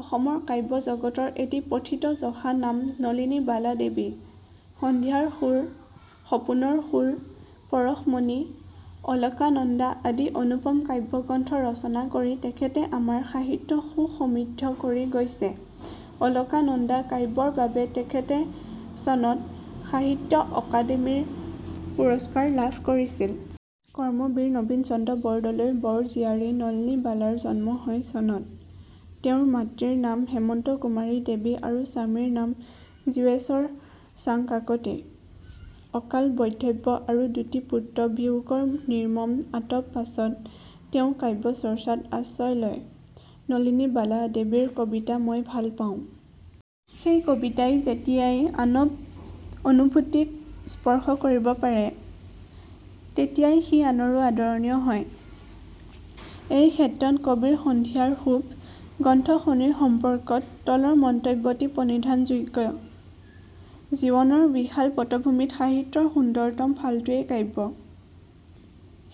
অসমৰ কাব্যজগতৰ এটি প্ৰথিতযশা নাম নলিনীবালা দেৱী। 'সন্ধিয়াৰ সুৰ', 'সপোনৰ সুৰ', 'পৰশমণি, 'অলকানন্দা' আদি অনুপম কাব্য-গ্ৰন্থ ৰচনা কৰি তেখেতে আমাৰ সাহিত্য সু-সমৃদ্ধ কৰি গৈছে। 'অলকানন্দা' কাব্যৰ বাবে তেখেতে চনত সাহিত্য-অকাডেমিৰ পুৰস্কাৰ লাভ কৰিছিল। কৰ্মবীৰ নবীনচন্দ্ৰ বৰদলৈৰ বৰ জীয়াৰী নলিনীবালাৰ জন্ম হয় চনত। তেওঁৰ মাতৃৰ নাম হেমন্তকুমাৰী দেৱী আৰু স্বামীৰ নাম জীৱেশ্বৰ চাংকাকতি। অকাল বৈধৱ্য্য আৰু দুটি পুত্ৰ-বিয়োগৰ নিৰ্মম আতব পাছত তেওঁ কাব্যচৰ্চাত আশ্ৰয় লয়। নলিনীবালা দেৱীৰ কবিতা মই ভাল পাওঁ। সেই কবিতাই যেতিয়াই আনব অনুভূতিক স্পৰ্শ কৰিব পাৰে, তেতিয়াই সি আনৰো আদৰণীয় হয়। এই ক্ষেত্ৰত কবিৰ "সন্ধিয়াৰ সুব"- গ্ৰন্থখনিৰ সম্পৰ্কত তলৰ মন্তব্যটি প্ৰণিধানযোগ্য- "জীৱনৰ বিশাল পটভূমিত সাহিত্যৰ সুন্দৰ্তম ফালটোৱে কাব্য।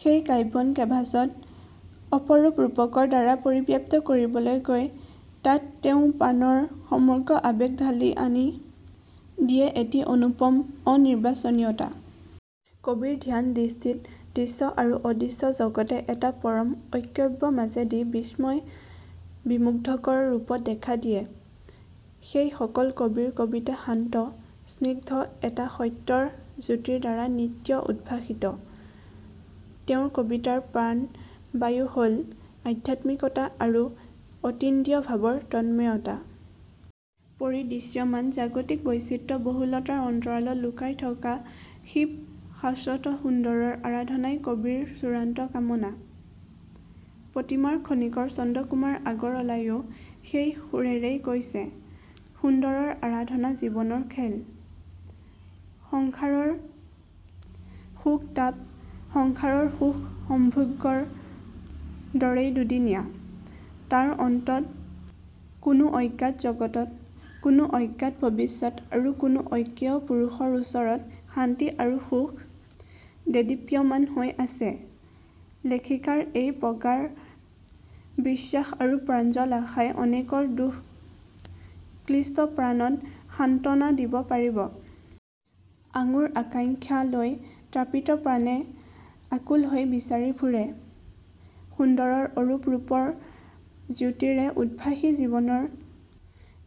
সেই কাব্যন 'কেভাছ'ত অপৰূপ ৰূপকৰ দ্বাৰা পৰিব্যাপ্ত কৰিবলৈ গৈ তাত তেওঁ প্ৰাণৰ সমগ্ৰ আবেগ ঢালি আনি দিয়ে এটি অনুপম অনিৰ্বাচনীয়তা। কবিৰ ধ্যান দৃষ্টিত দৃশ্য আৰু অদৃশ্য জগতে এটা পৰম ঐক্যব মাজেদি বিস্ময় বিমুগ্ধকৰ ৰূপত দেখা দিয়ে। সেইসকল কবিৰ কবিতা শান্ত, স্নিগ্ধ এটা সত্যৰ জ্যোতিৰ দ্বাৰা নিত্য উদ্ভাসিত; তেওঁৰ কবিতাৰ প্ৰাণবায়ু হ'ল আধ্যাত্মিকতা আৰু অতীন্দ্ৰিয় ভাবৰ তন্ময়তা। পৰিদৃশ্যমান জাগতিক বৈচিত্ৰ্য বহুলতাৰ অন্তৰালত লুকাই থকা চিব শাশ্বত সুন্দৰৰ আৰাধনাই কবিৰ চূড়ান্ত কামনা। " প্ৰতিমাৰ খনিকৰ চন্দ্ৰকুমাৰ আগৰৱালায়ো সেই সুৰেৰেই কৈছে- "সুন্দৰৰ আৰাধনা জীৱনৰ খেল। " "সংসাৰৰ শোক-তাপ, সংসাৰৰ সুখ-সম্ভোগৰ দৰেই দুদিনীয়া; তাৰ অন্তত কোনো অজ্ঞাত জগতত, কোনো অজ্ঞাত ভৱিষ্যত আৰু কোনো অজ্ঞেয় পুৰুষৰ ওচৰত শান্তি আৰু সুখ দেদীপ্যমান হৈ আছে; লেখিকাৰ এই প্ৰগাঢ় বিশ্বাস আৰু প্ৰাঞ্জল আশাই অনেকৰ দুখ ক্লিষ্ট প্ৰাণত সান্ত্বনা দিব পাৰিব। আঙুৰ আকাংক্ষা লৈ তাপিত প্ৰাণে আকুল হৈ বিচাৰি ফুৰে- সুন্দৰৰ অৰূপ ৰূপৰ জ্যোতিৰে উদ্ভাসি জীৱনৰ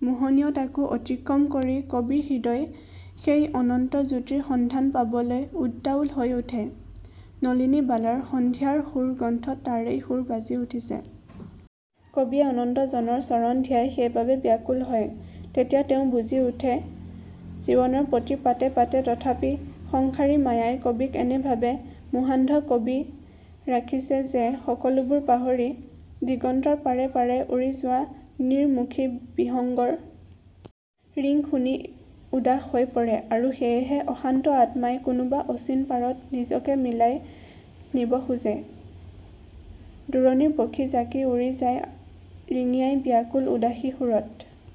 মোহনীয়তাকো অতিক্ৰম কৰি কবি-হৃদয় সেই অনন্ত জ্যোতিৰ সন্ধান পাবলৈ উদ্বাউল হৈ উঠে। নলিনীবালাৰ সন্ধিয়াৰ সুৰ গ্ৰন্থত তাৰেই সুৰ বাজি উঠিছে। কবিয়ে অনন্তজনৰ চৰণ ধিয়াই সেইবাবে ব্যাকুল হয়। তেতিয়া তেওঁ বুজি উঠে- "জীৱনৰ প্ৰতি পাতে পাতে তথাপি সংসাৰী মায়াই কবিক এনেভাৱে মোহান্ধ কবি ৰাখিছে যে সকলোবোৰ পাহৰি, দিগন্তৰ পাৰে পাৰে উৰি যোৱা নীড়-মুখী বিহংগৰ ৰিং শুনি উদাস হৈ পৰে আৰু সেয়েহে অশান্ত আত্মাই কোনোবা অচিন পাৰত নিজকে মিলাই নিব খোজে- "দূৰণিৰ পখী জাকি উৰি যায় ৰিঙিয়াই বিয়াকুল উদাসী সুৰত